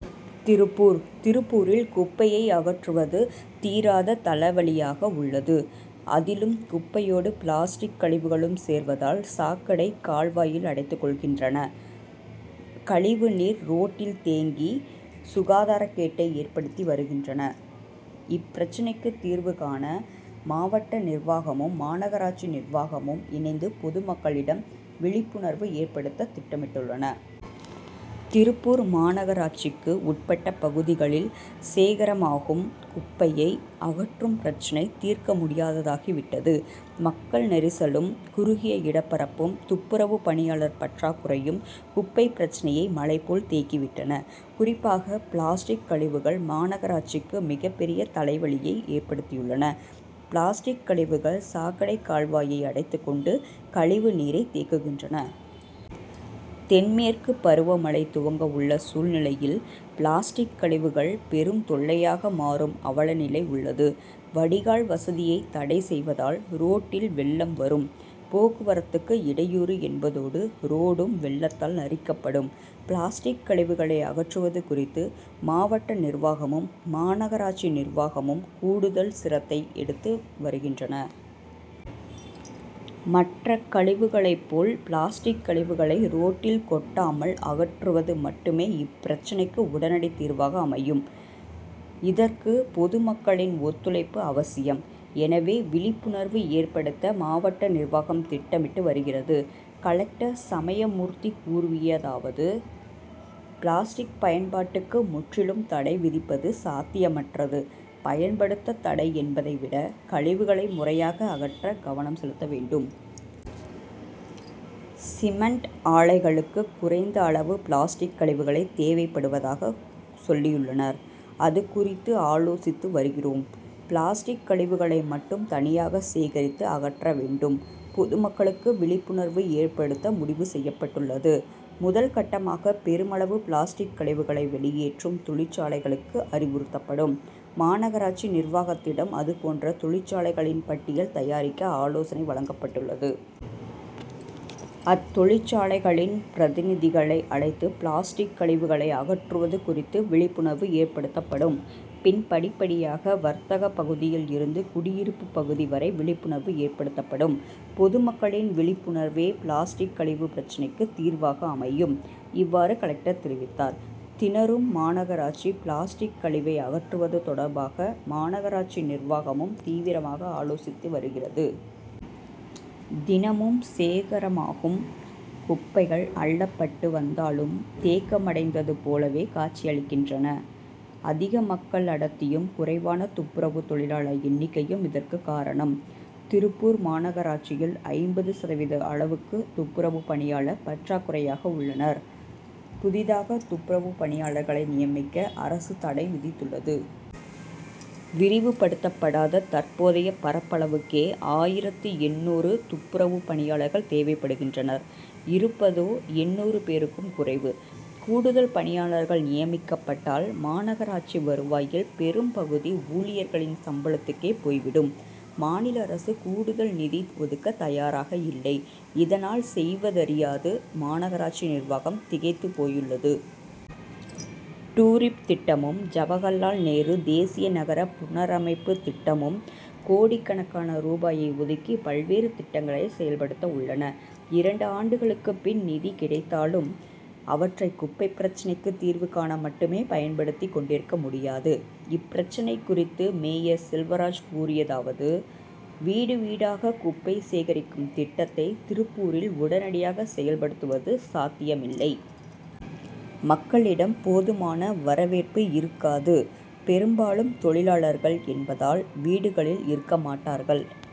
திருப்பூர் திருப்பூரில் குப்பையை அகற்றுவது தீராத தலைவலியாக உள்ளது. அதிலும் குப்பையோடு பிளாஸ்டிக் கழிவுகளும் சேர்வதால் சாக்கடை கால்வாயில் அடைத்துக் கொள்கின்றன. கழிவு நீர் ரோட்டில் தேங்கி சுகாதாரக்கேட்டை ஏற்படுத்தி வருகின்றன. இப்பிரச்னைக்கு தீர்வு காண மாவட்ட நிர்வாகமும் மாநகராட்சி நிர்வாகமும் இணைந்து பொதுமக்களிடம் விழிப்புணர்வு ஏற்படுத்த திட்டமிட்டுள்ளன. திருப்பூர் மாநகராட்சிக்கு உட்பட்ட பகுதிகளில் சேகரமாகும் குப்பையை அகற்றும் பிரச்னை தீர்க்க முடியாததாகி விட்டது. மக்கள் நெரிசலும் குறுகிய இடப்பரப்பும் துப்புரவு பணியாளர் பற்றாக்குறையும் குப்பை பிரச்னையை மலைபோல் தேக்கி விட்டன. குறிப்பாக பிளாஸ்டிக் கழிவுகள் மாநகராட்சிக்கு மிகப்பெரிய தலைவலியை ஏற்படுத்தியுள்ளன. பிளாஸ்டிக் கழிவுகள் சாக்கடை கால்வாயை அடைத்துக் கொண்டு கழிவு நீரை தேக்குகின்றன. தென் மேற்கு பருவமழை துவங்க உள்ள சூழ்நிலையில் பிளாஸ்டிக் கழிவுகள் பெரும் தொல்லையாக மாறும் அவலநிலை உள்ளது. வடிகால் வசதியை தடை செய்வதால் ரோட்டில் வெள்ளம் வரும். போக்குவரத்துக்கு இடையூறு என்பதோடு ரோடும் வெள்ளத்தால் அரிக்கப்படும். பிளாஸ்டிக் கழிவுகளை அகற்றுவது குறித்து மாவட்ட நிர்வாகமும் மாநகராட்சி நிர்வாகமும் கூடுதல் சிரத்தை எடுத்து வருகின்றன. மற்ற கழிவுகளைப்போல் பிளாஸ்டிக் கழிவுகளை ரோட்டில் கொட்டாமல் அகற்றுவது மட்டுமே இப்பிரச்னைக்கு உடனடி தீர்வாக அமையும். இதற்கு பொதுமக்களின் ஒத்துழைப்பு அவசியம். எனவே விழிப்புணர்வு ஏற்படுத்த மாவட்ட நிர்வாகம் திட்டமிட்டு வருகிறது. கலெக்டர் சமயமூர்த்தி கூறியதாவது பிளாஸ்டிக் பயன்பாட்டுக்கு முற்றிலும் தடை விதிப்பது சாத்தியமற்றது பயன்படுத்த தடை என்பதை விட கழிவுகளை முறையாக அகற்ற கவனம் செலுத்த வேண்டும். சிமென்ட் ஆலைகளுக்கு குறைந்த அளவு பிளாஸ்டிக் கழிவுகளே தேவைப்படுவதாக சொல்லியுள்ளனர். அதுகுறித்து ஆலோசித்து வருகிறோம். பிளாஸ்டிக் கழிவுகளை மட்டும் தனியாக சேகரித்து அகற்ற வேண்டும். பொதுமக்களுக்கு விழிப்புணர்வு ஏற்படுத்த முடிவு செய்யப்பட்டுள்ளது. முதல்கட்டமாக பெருமளவு பிளாஸ்டிக் கழிவுகளை வெளியேற்றும் தொழிற்சாலைகளுக்கு அறிவுறுத்தப்படும். மாநகராட்சி நிர்வாகத்திடம் அதுபோன்ற தொழிற்சாலைகளின் பட்டியல் தயாரிக்க ஆலோசனை வழங்கப்பட்டுள்ளது. அத்தொழிற்சாலைகளின் பிரதிநிதிகளை அழைத்து பிளாஸ்டிக் கழிவுகளை அகற்றுவது குறித்து விழிப்புணர்வு ஏற்படுத்தப்படும். பின் படிப்படியாக வர்த்தக பகுதியில் இருந்து குடியிருப்பு பகுதி வரை விழிப்புணர்வு ஏற்படுத்தப்படும். பொதுமக்களின் விழிப்புணர்வே பிளாஸ்டிக் கழிவு பிரச்னைக்கு தீர்வாக அமையும். இவ்வாறு கலெக்டர் தெரிவித்தார். திணறும் மாநகராட்சி பிளாஸ்டிக் கழிவை அகற்றுவது தொடர்பாக மாநகராட்சி நிர்வாகமும் தீவிரமாக ஆலோசித்து வருகிறது. தினமும் சேகரமாகும் குப்பைகள் அள்ளப்பட்டு வந்தாலும் தேக்கமடைந்தது போலவே காட்சி அளிக்கின்றன. அதிக மக்கள் அடர்த்தியும் குறைவான துப்புரவு தொழிலாளர் எண்ணிக்கையும் இதற்கு காரணம். திருப்பூர் மாநகராட்சியில் ஐம்பது சதவீத அளவுக்கு துப்புரவு பணியாளர் பற்றாக்குறையாக உள்ளனர். புதிதாக துப்புரவு பணியாளர்களை நியமிக்க அரசு தடை விதித்துள்ளது. விரிவுபடுத்தப்படாத தற்போதைய பரப்பளவுக்கே ஆயிரத்து எண்ணூறு துப்புரவு பணியாளர்கள் தேவைப்படுகின்றனர் இருப்பதோ எண்ணூறு பேருக்கும் குறைவு. கூடுதல் பணியாளர்கள் நியமிக்கப்பட்டால் மாநகராட்சி வருவாயில் பெரும் பகுதி ஊழியர்களின் சம்பளத்துக்கே போய்விடும். மாநில அரசு கூடுதல் நிதி ஒதுக்க தயாராக இல்லை. இதனால் செய்வதறியாது மாநகராட்சி நிர்வாகம் திகைத்துப் போயுள்ளது. டுரிப் திட்டமும் ஜவஹர்லால் நேரு தேசிய நகர புனரமைப்பு திட்டமும் கோடிக்கணக்கான ரூபாயை ஒதுக்கி பல்வேறு திட்டங்களை செயல்படுத்த உள்ளன. இரண்டு ஆண்டுகளுக்கு பின் நிதி கிடைத்தாலும் அவற்றை குப்பை பிரச்னைக்கு தீர்வு காண மட்டுமே பயன்படுத்திக் கொண்டிருக்க முடியாது. இப்பிரச்னை குறித்து மேயர் செல்வராஜ் கூறியதாவது வீடு வீடாக குப்பை சேகரிக்கும் திட்டத்தை திருப்பூரில் உடனடியாக செயல்படுத்துவது சாத்தியமில்லை. மக்களிடம் போதுமான வரவேற்பு இருக்காது. பெரும்பாலும் தொழிலாளர்கள் என்பதால் வீடுகளில் இருக்க மாட்டார்கள்.